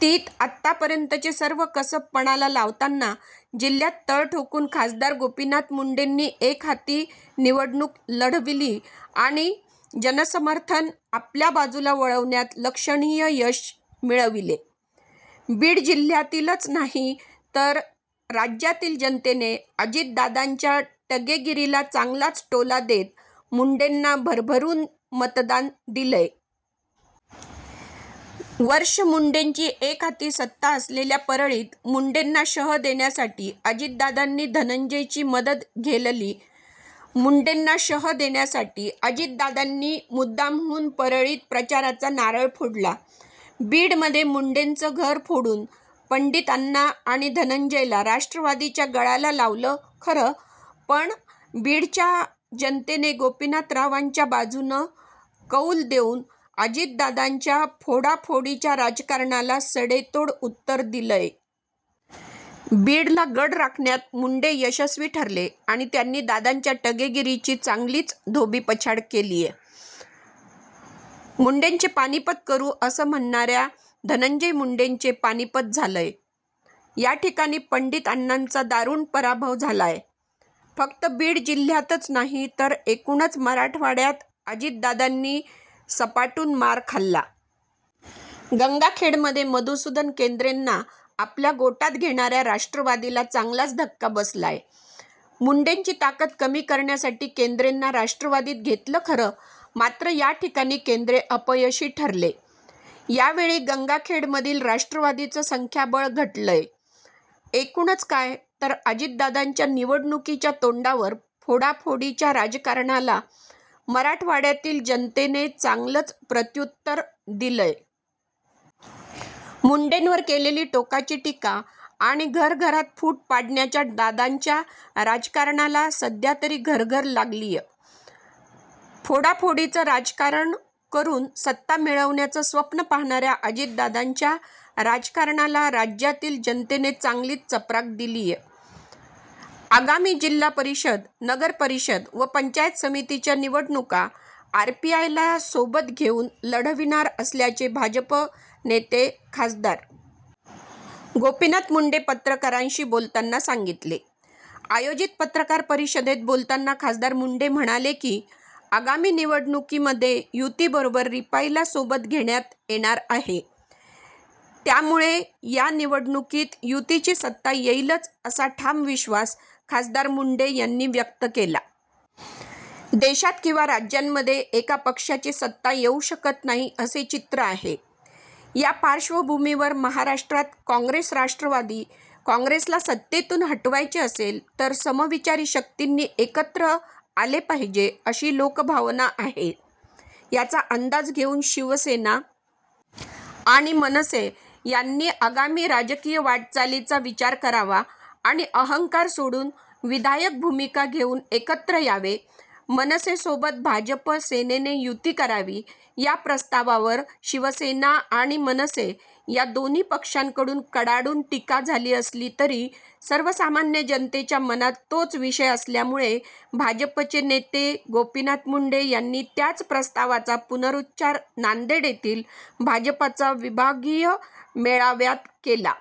तीत आतापर्यंतचे सर्व कसब पणाला लावताना जिल्ह्य़ात तळ टोकून खासदार गोपीनाथ मुंडेंनी एकहाती निवडणूक लढविली आणि जनसमर्थन आपल्या बाजूला वळवण्यात लक्षणीय यश मिळविले. बीड जिल्ह्यातीलच नाही तर राज्यातील जनतेनं अजितदादांच्या टगेगिरीला चांगलाच टोला देत मुंडेंना भरभरून मतदान दिलंय. वर्ष मुंडेंची एकहाती सत्ता असलेल्या परळीत मुंडेंना शह देण्यासाठी अजितदादांनी धनंजयची मदत घेलली. मुंडेंना शह देण्यासाठी अजितदादांनी मुद्दामहून परळीत प्रचाराचा नारळ फोडला. बीडमध्ये मुंडेंचं घर फोडून पण्डितअण्णा आणि धनंजयला राष्ट्रवादीच्या गळाला लावलं खरं पण बीडच्या जनतेनं गोपीनाथरावांच्या बाजूनं कौल देऊन अजितदादांच्या फोडाफोडीच्या राजकारणाला सडेतोड उत्तर दिलंय. बीडला गड राखण्यात मुंडे यशस्वी ठरले आणि त्यांनी दादांच्या टगेगिरीची चांगलीच धोबीपछाड केलीय. मुंडेंचं पानिपत करू असं म्हणणाऱ्या धनंजय मुंडेंचे पानिपत झालंय. याठिकाणी पण्डितअण्णांचा दारुण पराभव झालाय. फक्त बीड जिल्ह्यातच नाही तर एकूणच मराठवाड्यात अजितदादांनी सपाटून मार खाल्ला. गंगाखेडमध्ये मधूसुदन केन्द्रेंना आपल्या गोटात घेणाऱ्या राष्ट्रवादीला चांगलाच धक्का बसलाय. मुंडेंची ताकद कमी करण्यासाठी केंद्रेंना राष्ट्रवादीत घेतलं खरं मात्र या ठिकाणी केंद्रे अपयशी ठरले. यावेळी गंगाखेडमधील राष्ट्रवादीचं संख्याबळ घटलंय. एकूणच काय तर अजितदादांच्या निवडणुकीच्या तोंडावर फोडाफोडीच्या राजकारणाला मराठवाड्यातील जनतेनं चांगलंच प्रत्यूत्तर दिलंय. मुंडेंवर केलेली टोकाची टीका आणि घर-घरात फुट पाडण्याच्या दादांच्या राजकारणाला सध्यातरी घरघर लागलीय. फोडा-फोडीचं राजकारण करून सत्ता मिळवण्याचं स्वप्न पाहणाऱ्या अजितदादांच्या राजकारणाला राज्यातील जनतेनं चांगलीच चपराक दिलीय. आगामी जिल्हा परिषद, नगर परिषद व पंचायत समितीच्या निवडणुका आरपीआयला सोबत घेऊन लढविणार असल्याचे भाजप नेते खा. गोपीनाथ मुंडे पत्रकारांशी बोलतांना सांगितले. आयोजित पत्रकार परिषदेत बोलतांना खा. मुंडे म्हणाले की, आगामी निवडणुकीमध्ये युती बरोबर रिपाईला सोबत घेण्यात येणार आहे. त्यामुळे या निवडणुकीत युतीची सत्ता येईलच असा ठाम विश्वास खा. मुंडे यांनी व्यक्त केला. देशात किंवा राज्यांमध्ये एका पक्षाची सत्ता येऊ शकत नाही असे चित्र आहे. या पार्श्वभूमीवर महाराष्ट्रात काँग्रेस-राष्ट्रवादी काँग्रेसला सत्तेतून हटवायचे असेल तर समविचारी शक्तींनी एकत्र आले पाहिजे अशी लोकभावना आहे. याचा अंदाज घेऊन शिवसेना आणि मनसे यांनी आगामी राजकीय वाटचालीचा विचार करावा आणि अहंकार सोडून विधायक भूमिका घेऊन एकत्र यावे, मनसेसोबत भाजप -सेनेने युती करावी या प्रस्तावावर शिवसेना आणि मनसे या दोन्ही पक्षांकडून कडाडून टीका झाली असली तरी सर्वसामान्य जनतेच्या मनात तोच विषय असल्यामुळे भाजपचे नेते गोपीनाथ मुंडे यांनी त्याच प्रस्तावाचा पुनरूच्चार नांदेड येथील भाजपचा विभागीय मेळाव्यात केला.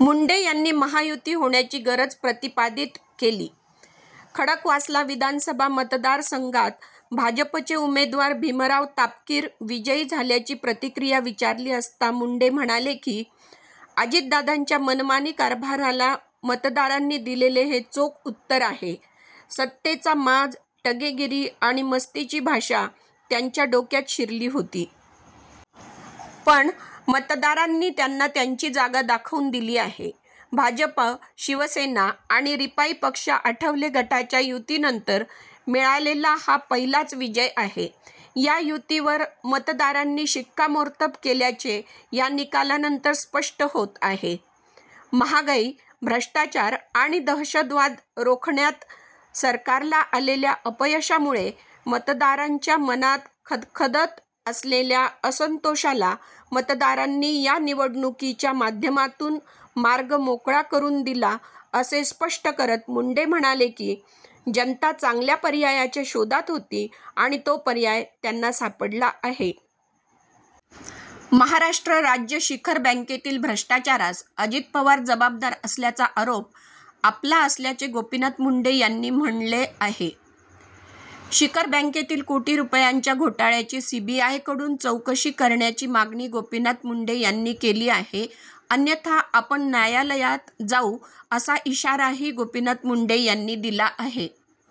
मुंडे यांनी महायुती होण्याची गरज प्रतिपादित केली. खडकवासला विधानसभा मतदारसंघात भाजपचे उमेदवार भीमराव तापकीर विजयी झाल्याची प्रतिक्रिया विचारली असता मुंडे म्हणाले की, अजितदादांच्या मनमानी कारभाराला मतदारांनी दिलेले हे चोख उत्तर आहे. सत्तेचा माज, टगेगिरी आणि मस्तीची भाषा त्यांच्या डोक्यात शिरली होती. पण, मतदारांनी त्यांना त्यांची जागा दाखवून दिली आहे. भाजप, शिवसेना आणि रिपाई पक्ष आठवले गटाच्या युतीनंतर मिळालेला हा पहिलाच विजय आहे. या युतीवर मतदारांनी शिक्कामोर्तब केल्याचे या निकालानंतर स्पष्ट होत आहे. महागाई, भ्रष्टाचार आणि दहशतवाद रोखण्यात सरकारला आलेल्या अपयशामुळे मतदारांच्या मनात खदखदत असलेल्या असन्तोषाला मतदारांनी या निवडणुकीच्या माध्यमातून मार्ग मोकळा करून दिला असे स्पष्ट करीत मुंडे म्हणाले की, जनता चांगल्या पर्यायाच्या शोधात होती आणि तो पर्याय त्यांना सापडला आहे.। महाराष्ट्र राज्य शिखर बँकेतील भ्रष्टाचारास अजित पवार जबाबदार असल्याचा आरोप आपला असल्याचे गोपीनाथ मुंडे यांनी म्हणले आहे. शिखर बँकेतील कोटी रुपयांच्या घोटाळ्याची सीबीआयकडून चौकशी करण्याची मागणी गोपीनाथ मुंडे यांनी केली आहे अन्यथा आपण न्यायालयात जाऊ असा इशाराही गोपीनाथ मुंडे यांनी दिला आहे.